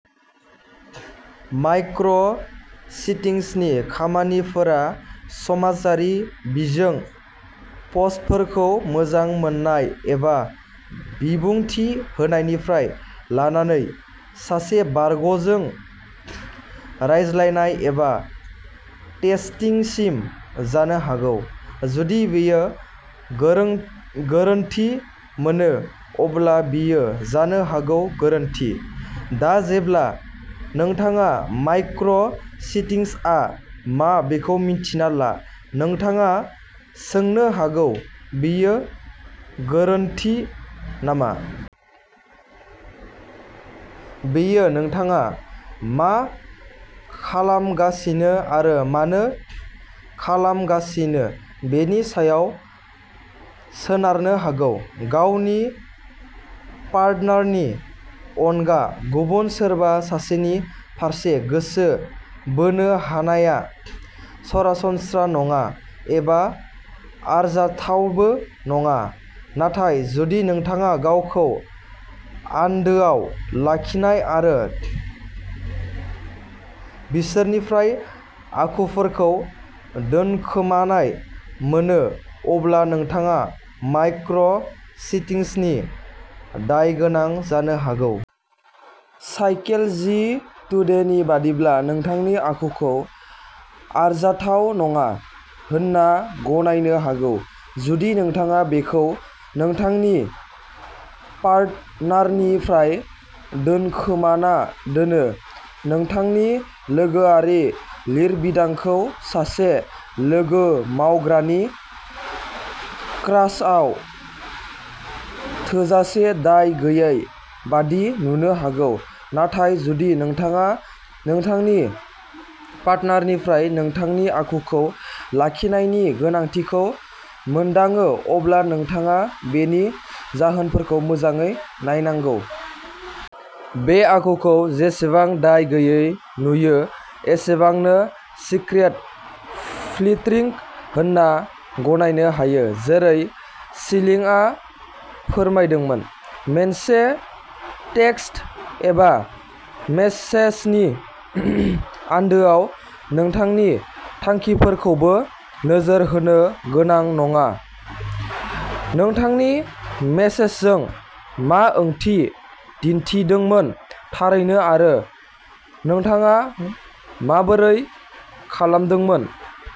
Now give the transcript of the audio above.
Micro'- चिटिंनि खामानिफोरा समाजारि बिजों पस्टफोरखौ मोजां मोन्नाय एबा बिबुंथि होनायनिफ्राय लानानै सासे बारग'जों रायज्लायनाय एबा टेक्सटिंसिम जानो हागौ। जुदि बेयो गोरोन्थि मोनो, अब्ला बेयो जानो हागौ गोरोन्थि। दा जेब्ला नोंथाङा माइक्र'- चिटिंआ मा बेखौ मिन्थिना ला, नोंथाङा सोंनो हागौ, "बेयो गोरोन्थि नामा? " बेयो नोंथाङा मा खालामगासिनो आरो मानो खालामगासिनो बेनि सायाव सोनारनो हागौ। गावनि पार्टनारनि अनगा गुबुन सोरबा सासेनि फारसे गोसो बोनो हानाया सरासनस्रा नङा एबा आरजाथावबो नङा, नाथाय जुदि नोंथाङा गावखौ आन्दोआव लाखिनाय आरो बिसोरनिफ्राय आखुफोरखौ दोनखोमानाय मोनो, अब्ला नोंथाङा माइक्र'- चिटिंनि दायगोनां जानो हागौ। साइकोल'जि टुडेनि बायदिब्ला, नोंथांनि आखुखौ आरजाथाव नङा होनना गनायनो हागौ, जुदि नोंथाङा बेखौ नोंथांनि पार्टनारनिफ्राय दोनखोमाना दोनो। नोंथांनि लोगोआरि लिरबिदांखौ सासे लोगो-मावग्रानि क्रासआव थोजासे दाय गैयै बायदि नुनो हागौ, नाथाय जुदि नोंथाङा नोंथांनि पार्टनारनिफ्राय नोंथांनि आखुखौ लाखिनायनि गोनांथिखौ मोनदाङो, अब्ला नोंथाङा बेनि जाहोनफोरखौ मोजाङै नायनांगौ। बे आखुखौ, जेसेबां दाय गैयै नुयो एसेबांनो, सिक्रेट फ्लार्टिं होनना गनायनो हायो, जेरै शिलिंआ फोरमायदोंमोन। मोनसे टेक्सट एबा मेसेजनि आन्दोआव नोंथांनि थांखिफोरखौबो नोजोर होनो गोनां-नोंथाङा नोंथांनि मेसेजजों मा ओंथि दिन्थिदोंमोन, थारैनो, आरो नोंथाङा माबोरै खालामदोंमोन।